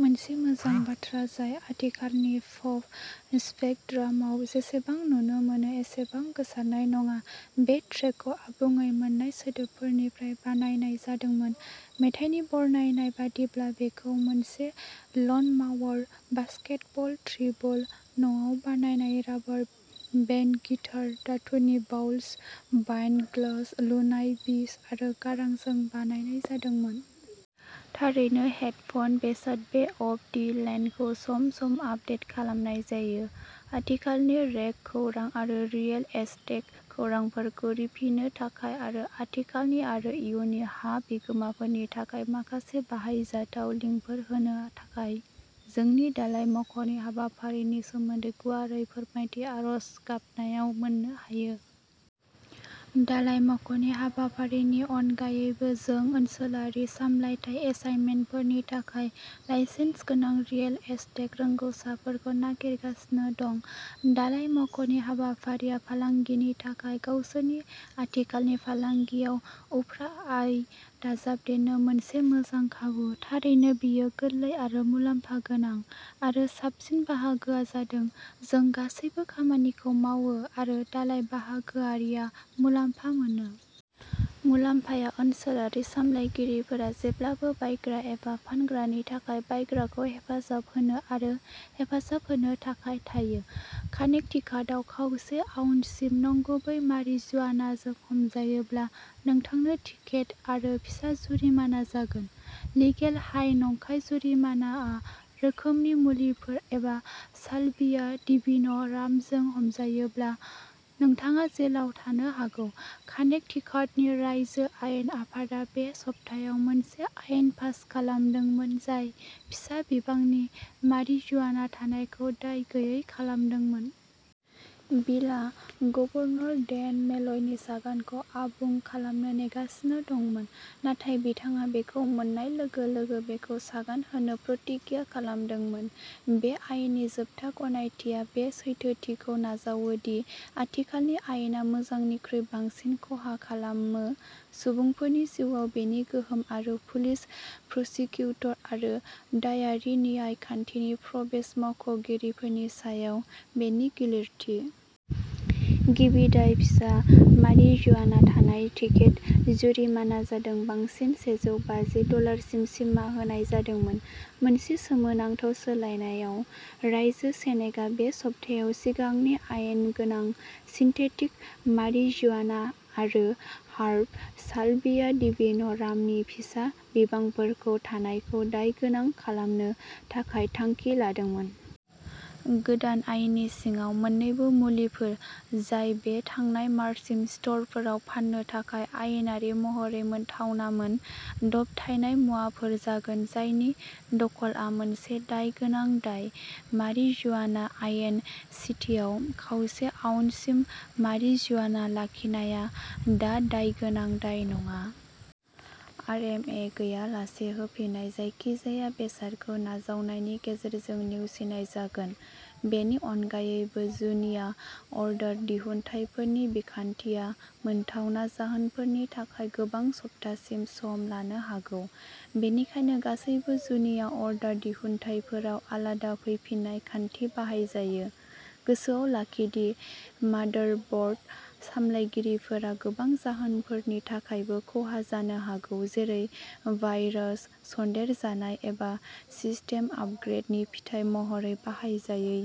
मोनसे मोजां बाथ्रा जाय आथिखालनि पप स्पेकट्रामआव जेसेबां नुनो मोनो एसेबां गोसारनाय नङा। बे ट्रेकखौ आबुङै मोन्नाय सोदोबफोरनिफ्राय बानायनाय जादोंमोन। मेथाइनि बरनायनाय बायदिब्ला, बेखौ मोनसे लनमाउयार, बास्केटबल ड्रिबल, न'आव बानायनाय राबार बेन्ड गिटार, धातुनि बाउल्स, वाइन ग्लास, लुनाय बीप्स आरो गारांजों बानायनाय जादोंमोन। थारैनो हेडफ'न बेसाद। ले अफ दि लेन्डखौ सम-सम आपडेट खालामनाय जायो, आथिखालनि रेग खौरां आरो रियेल एस्टेट खौरांफोरखौ रिफिनो थाखाय, आरो आथिखालनि आरो इयुननि हा बिगोमाफोरनि थाखाय माखासे बाहायजाथाव लिंकफोर होनो थाखाय। जोंनि दालाय मावख'नि हाबाफारिनि सोमोन्दै गुवारै फोरमायथि आर'ज गाबनायाव मोननो हायो। दालाय मावख'नि हाबाफारिनि अनगायैबो जों ओनसोलारि सामलायथाय एसाइनमेन्टफोरनि थाखाय लाइसेन्स गोनां रियेल एस्टेट रोंग'सारफोरखौ नागिरगासिनो दं। दालाय मावख'नि हाबाफारिया फालांगिनि थाखाय गावसोरनि आथिखालनि फालांगियाव उफ्रा आय दाजाबदेरनो मोनसे मोजां खाबु। थारैनो बेयो गोरलै आरो मुलाम्फा गोनां, आरो साबसिन बाहागोआ जादों, जों गासैबो खामानिखौ मावो, आरो दालाय बाहागोआरिआ मुलाम्फा मोनो। मुलाम्फाया। ओनसोलारि सामलायगिरिफोरा जेब्लाबो बायग्रा एबा फानग्रानि थाखाय बायग्राखौ हेफाजाब होनो आरो हेफाजाब होनो थाखाय थायो। कानेक्टिकाटआव, खावसे आउन्ससिम नंगुबै मारिजुआनाजों हमजायोब्ला नोंथांनो टिकेट आरो फिसा जुरिमाना जागोन। लिगेल-हाइ नंखाय मारिजुआना रोखोमनि मुलिफोर एबा साल्विया डिविन' रामजों हमजायोब्ला, नोंथाङा जेलाव थानो हागौ कानेक्टिकाटनि रायजो आयेन आफादा बे सप्तायाव मोनसे आयेन पास खालामदोंमोन जाय फिसा बिबांनि मारिजुआना थानायखौ दाय गैयै खालामदोंमोन। बिलआ गभर्नर डेन मेलयनि सागानखौ आबुं खालामनो नेगासिनो दंमोन, नाथाय बिथाङा बेखौ मोन्नाय लोगो-लोगो बेखौ सागान होनो प्रतिज्ञा खालामदोंमोन, बे आयेननि जोबथा गनायथिआ बे सैथोथिखौ नाजावो दि आथिखालनि आयेना मोजांनिख्रुइ बांसिन खहा खालामो सुबुंफोरनि जिउआव बेनि गोहोम आरो पुलिस, प्रसिकिउटर आरो दायारि न्याय खान्थिनि प्रबेशन मावख'गिरिफोरनि सायाव बेनि गिलिरथि। गिबि दाय फिसा मारिजुआना थानाय टिकेट जुरिमाना जादों बांसिन सेजौ बाजि डलारसिम सिमा होनाय जादोंमोन। मोनसे सोमोनांथाव सोलायनायाव, रायजो सेनेकआ बे सप्तायाव सिगांनि आयेन गोनां सिन्थेटिक मारिजुआना आरो हार्ब साल्विया डिविन'रामनि फिसा बिबांफोरखौ थानायखौ दायगोनां खालामनो थाखाय थांखि लादोंमोन। गोदान आयेननि सिङाव, मोन्नैबो मुलिफोर, जाय बे थांनाय मार्चसिम स्ट'रफोराव फान्नो थाखाय आयेनारि महरै मोनथावनामोन, दबथायनाय मुवाफोर जागोन जायनि दखलआ मोनसे दायगोनां दाय। मारिजुआना आयेन सिटिआव, खावसे आउन्ससिम मारिजुआना लाखिनाया दा दायगोनां दाय नङा। आरएमए गैयालासे होफिन्नाय जायखिजाया बेसादखौ नाजावनायनि गेजेरजों नेवसिनाय जागोन। बेनि अनगायैबो, जुनिया अर्डार दिहुनथायफोरनि बिखान्थिया मोनथावना जाहोनफोरनि थाखाय गोबां सप्ताहसिम सम लानो हागौ, बेनिखायनो गासैबो जुनिया अर्डार दिहुनथायफोराव आलादा फैफिन्नाय खान्थि बाहायजायो। गोसोआव लाखि दि मादारब'र्ड सामलायगिरिफोरा गोबां जाहोनफोरनि थाखायबो खहा जानो हागौ, जेरै भाइरास सन्देरजानाय, एबा सिस्टेम आपग्रेडनि फिथाय महरै बाहायजायै।